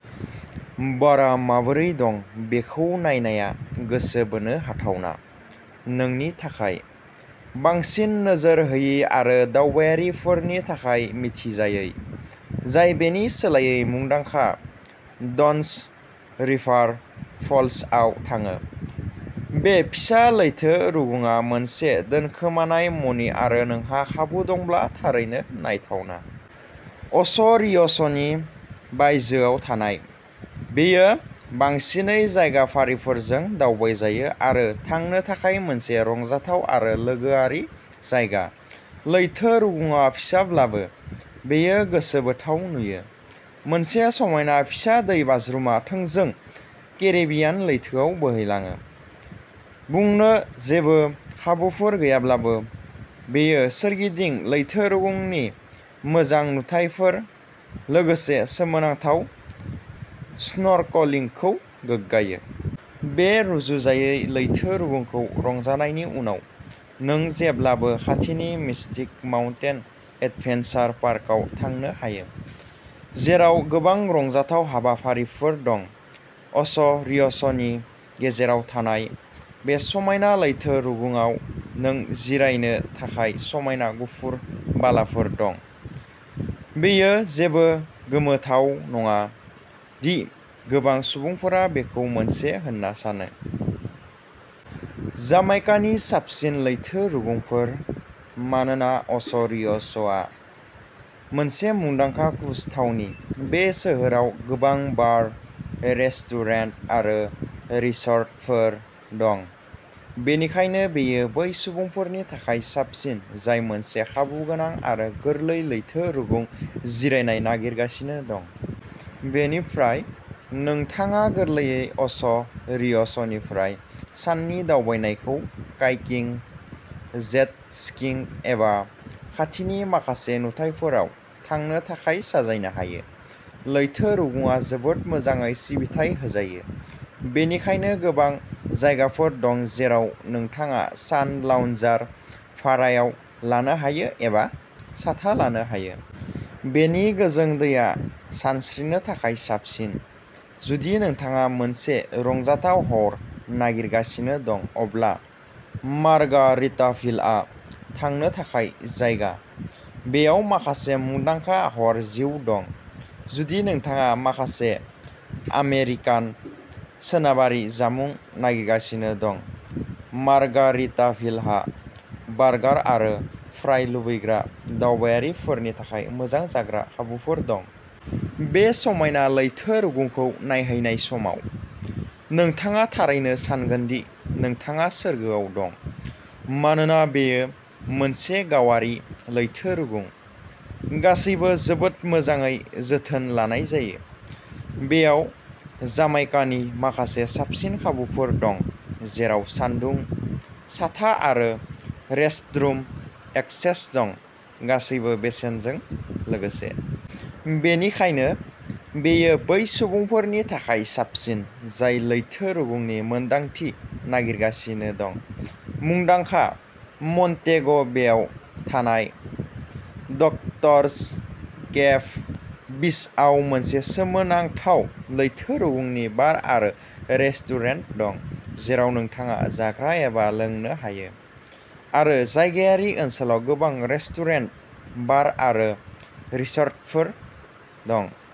बारआ माबोरै दं बेखौ नायनाया गोसो बोनो हाथावना। नोंनि थाखाय! बांसिन नोजोर होयि आरो दावबायारिफोरनि थाखाय मिथिजायै, जाय बेनि सोलायै मुंदांखा डन्स रिभार फल्सआव थाङो, बे फिसा लैथो रुगुंआ मोनसे दोनखोमानाय मणि आरो नोंहा खाबु दंब्ला थारैनो नायथावना। अ'च'रिय'सनि बायजोआव थानाय, बेयो बांसिनै जायगायारिफोरजों दावबायजायो आरो थांनो थाखाय मोनसे रंजाथाव आरो लोगोआरि जायगा। लैथो रुगुंआ फिसाब्लाबो, बेयो गोसोबोथाव नुयो; मोनसे समायना फिसा दैबाज्रुमआ थोंजों केरिबियान लैथोआव बोहैलाङो। बुंनो जेबो खाबुफोर गैयाब्लाबो, बेयो सोरगिदिं लैथो रुगुंनि मोजां नुथायफोर, लोगोसे सोमोनांथाव स्नर्कलिंखौ गोगगायो। बे रुजुजायै लैथो रुगुंखौ रंजानायनि उनाव, नों जेब्लाबो खाथिनि मिस्टिक माउन्टेन एडभेन्सार पार्कआव थांनो हायो, जेराव गोबां रंजाथाव हाबाफारिफोर दं। अ'च'रिय'सनि गेजेराव थानाय, बे समायना लैथो रुगुंआव नों जिरायनो थाखाय समायना गुफुर बालाफोर दं; बेयो जेबो गोमोथाव नङा दि गोबां सुबुंफोरा बेखौ मोनसे होनना सानो। जामाइकानि साबसिन लैथो रुगुंफोर। मानोना अ'च'रिय'सआ मोनसे मुंदांखा क्रुज थावनि, बे सोहोराव गोबां बार, रेस्टुरेन्ट आरो रिसर्टफोर दं, बेनिखायनो बेयो बै सुबुंफोरनि थाखाय साबसिन जाय मोनसे खाबुगोनां आरो गोरलै लैथो रुगुं जिरायनाय नागिरगासिनो दं। बेनिफ्राय, नोंथाङा गोरलैयै अ'च'रिय'सनिफ्राय साननि दावबायनायखौ काइकिंग, जेट स्कीइंग एबा खाथिनि माखासे नुथायफोराव थांनो थाखाय साजायनो हायो। लैथो रुगुंआ जोबोद मोजाङै सिबिथाय होजायो, बेनिखायनो गोबां जायगाफोर दं जेराव नोंथाङा सान लाउन्जार भारायाव लानो हायो एबा साथा लानो हायो। बेनि गोजों दैया सानस्रिनो थाखाय साबसिन। जुदि नोंथाङा मोनसे रंजाथाव हर नागिरगासिनो दं अब्ला मार्गारिटाभिलआ थांनो थाखाय जायगा; बेयाव माखासे मुंदांखा हर जिउ दं! जुदि नोंथाङा माखासे आमेरिकान/सोनाबारि जामुं नागिरगासिनो दं, मार्गारिटाभिलहा बार्गार आरो फ्राइ लुबैग्रा दावबायारिफोरनि थाखाय मोजां जाग्रा खाबुफोर दं। बे समायना लैथो रुगुंखौ नायहैनाय समाव, नोंथाङा थारैनो सानगोन दि नोंथाङा सोरगोआव दं। मानोना बेयो मोनसे गावारि लैथो रुगुं, गासैबो जोबोद मोजाङै जोथोन लानाय जायो। बेयाव जामाइकानि माखासे साबसिन खाबुफोर दं, जेराव सानदुं, साथा आरो रेस्टरुम एक्सेस दं, गासैबो बेसेनजों लोगोसे। बेनिखायनो, बेयो बै सुबुंफोरनि थाखाय साबसिन जाय लैथो रुगुंनि मोनदांथि नागिरगासिनो दं! मुंदांखा मन्टेग'बेआव थानाय, डक्ट'र्स केभ बीचआव मोनसे सोमोनांथाव लैथो रुगुंनि बार आरो रेस्टुरेन्ट दं जेराव नोंथाङा जाग्रा एबा लोंनो हायो, आरो जायगायारि ओनसोलाव गोबां रेस्टुरेन्ट, बार आरो रिसर्टफोर दं।